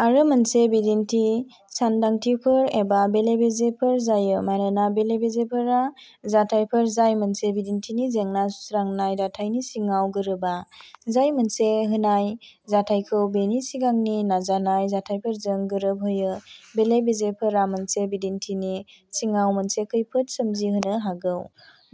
आरो मोनसे बिदिन्थि सान्दांथिफोर एबा बेले बेजेफोर जायो। मानोना बेले बेजेफोरा जाथायफोर जाय मोनसे बिदिन्थिनि जेंना सुस्रांनाय दाथायनि सिङाव गोरोबा। जाय मोनसे होनाय जाथायखौ बेनि सिगांनि नायजानाय जाथायफोरजों गोरोबहोयो। बेले बेजेफोरा मोनसे बिदिन्थिनि सिङाव मोनसे खैफोद सोमजिहोनो हागौ।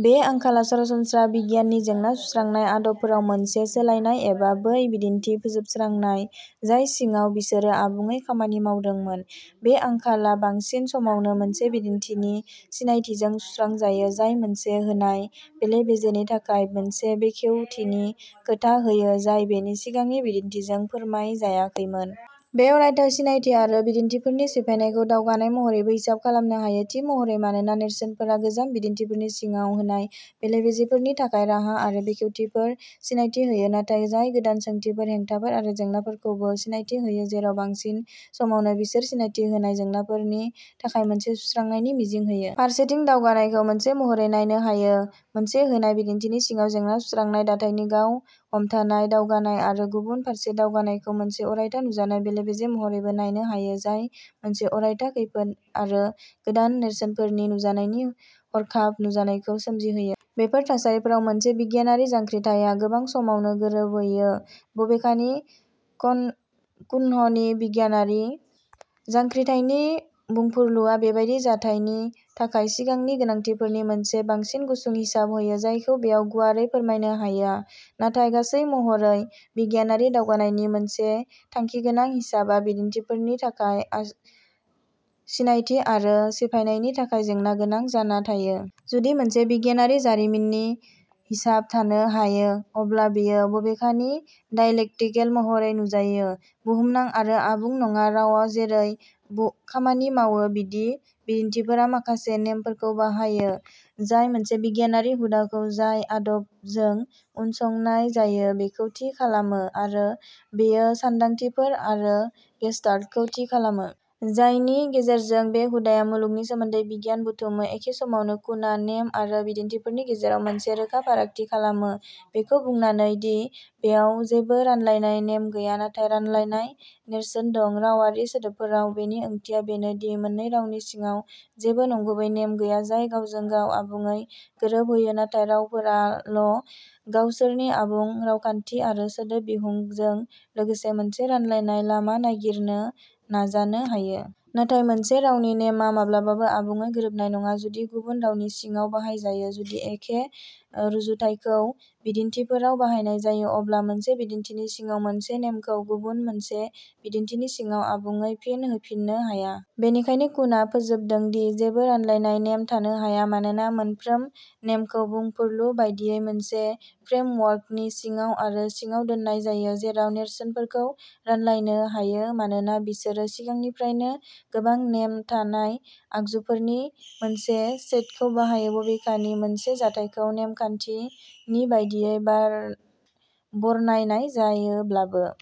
बे आंखाला सरासनस्रा बिगियाननि जेंना सुस्रांनाय आदबफोराव मोनसे सोलायनाय एबा बै बिदिन्थिनि फोजोबस्रांनाय जाय सिङाव बिसोरो आबुङै खामानि मावदोंमोन। बे आंखाला बांसिन समावनो मोनसे बिदिन्थिनि सिनायथिजों सुस्रांजायो जाय मोनसे होनाय बेले बेजेनि थाखाय मोनसे बेखेवथिनि खोथा होयो जाय बेनि सिगांनि बिदिन्थिजों फोरमायजायाखैमोन। बे अरायथा सिनायथि आरो बिदिन्थिफोरनि सिफायनायखौ दावगानाय महरैबो हिसाब खालामनो हायो। थि महरै मानोना नेरसोनफोरा गोजाम बिदिन्थिफोरनि सिङाव होनाय बेले बेजेफोरनि थाखाय राहा आरो बेखेवथिफोर सिनायथि होयो। नाथाय जाय गोदान सोंथिफोर हेंथाफोर आरो जेंनाफोरखौबो सिनायथि होयो जेराव बांसिन समावनो बिसोर सिनायथि होनाय जेंनाफोरनि थाखाय मोनसे सुस्रांनायनि मिजिं होयो। फारसेथिं दावगानायखौ मोनसे महरै नायनो हायो मोनसे होनाय बिदिन्थिनि सिङाव जेंना सुस्रांनाय दाथायनि गाव हमथानाय दावगानाय आरो गुबुन फारसे दावगानायखौ मोनसे अरायथा नुजानाय बेले बेजे महरैबो नायनो हायो जाय मोनसे अरायथा खैफोद आरो गोदान नेरसोनफोरनि नुजानायनि हरखाब नुजानायखौ सोमजिहोयो। बेफोर थासारिफोराव मोनसे बिगियानारि जांख्रिथायआ गोबां समावनो गोरोबहैयो। बबेखानि कुन कुह्ननि बिगियानारि जांख्रिथायनि बुंफुरलुआ बेबादि जाथायनि थाखाय सिगांनि गोनांथिफोरनि मोनसे बांसिन गुसुं हिसाब होयो। जायखौ बेयाव गुवारै फोरमायनो हाया। नाथाय गासै महरै बिगियानारि दावगानायनि मोनसे थांखिगोनां हिसाबआ बिदिन्थिफोरनि अर्ज सिनायथि आरो सिफायनायनि थाखाय जेंनागोनां जाना थायो। जुदि मोनसे बिगियानारि जारिमिननि हिसाब थानो हायो अब्ला बेयो बबेखानि डायलेक्टिकेल महरै नुजायो। बुहुमनां आरो आबुं नङा रावआ जेरै बु खामानि मावो बिदि बिदिन्थिफोरा माखासे नेमफोरखौ बाहायो जाय मोनसे बिगियानारि हुदाखौ जाय आदबजों उनसंनाय जायो बेखौ थि खालामो आरो बेयो सान्दांथिफोर आरो गेसताल्टखौ थि खालामो। जायनि गेजेरजों बे हुदाया मुलुगनि सोमोन्दै बिगियान बुथुमो। एखे समावनो कुनआ नेम आरो बिदिन्थिफोरनि गेजेराव मोनसे रोखा फारागथि खालामो। बेखौ बुंनानै दि बेयाव जेबो रानलायनाय नेम गैया। नाथाय रानलायनाय नेरसोन दं। रावारि सोदोबफोराव बेनि ओंथिया बेनो दि मोननै रावनि सिङाव जेबो नंगुबै नेम गैया जाय गावजों गाव आबुङै गोरोबहोयो नाथाय रावफोराल' गावसोरनि आबुं रावखान्थि आरो सोदोब बिहुंजों लोगोसे मोनसे रानलायनाय लामा नागिरनो नाजानो हायो। नाथाय मोनसे रावनि नेमआ माब्लाबाबो आबुङै गोरोबनाय नङा जुदि गुबुन रावनि सिङाव बाहायजायो। जुदि एखे रुजुथायखौ बिदिन्थिफोराव बाहायनाय जायो अब्ला मोनसे बिदिन्थिनि सिङाव मोनसे नेमखौ गुबुन मोनसे बिदिन्थिनि सिङाव आबुङै फिन होफिननो हाया। बेनिखायनो कुनआ फोजोबदों दि जेबो रानलायनाय नेम थानो हाया। मानोना मोनफ्रोम नेमखौ बुंफुरलु बायदियै मोनसे फ्रेमवर्कनि सिङाव आरो सिङाव दोन्नाय जायो। जेराव नेरसोनफोरखौ रानलायनो हायो मानोना बिसोरो सिगांनिफ्रायनो गोबां नेमफोर थानाय आगजुफोरनि मोनसे सेटखौ बाहायो। बबेखानि मोनसे जाथायखौ नेमखान्थिनि बायदियै बार बरनायनाय जायोब्लाबो।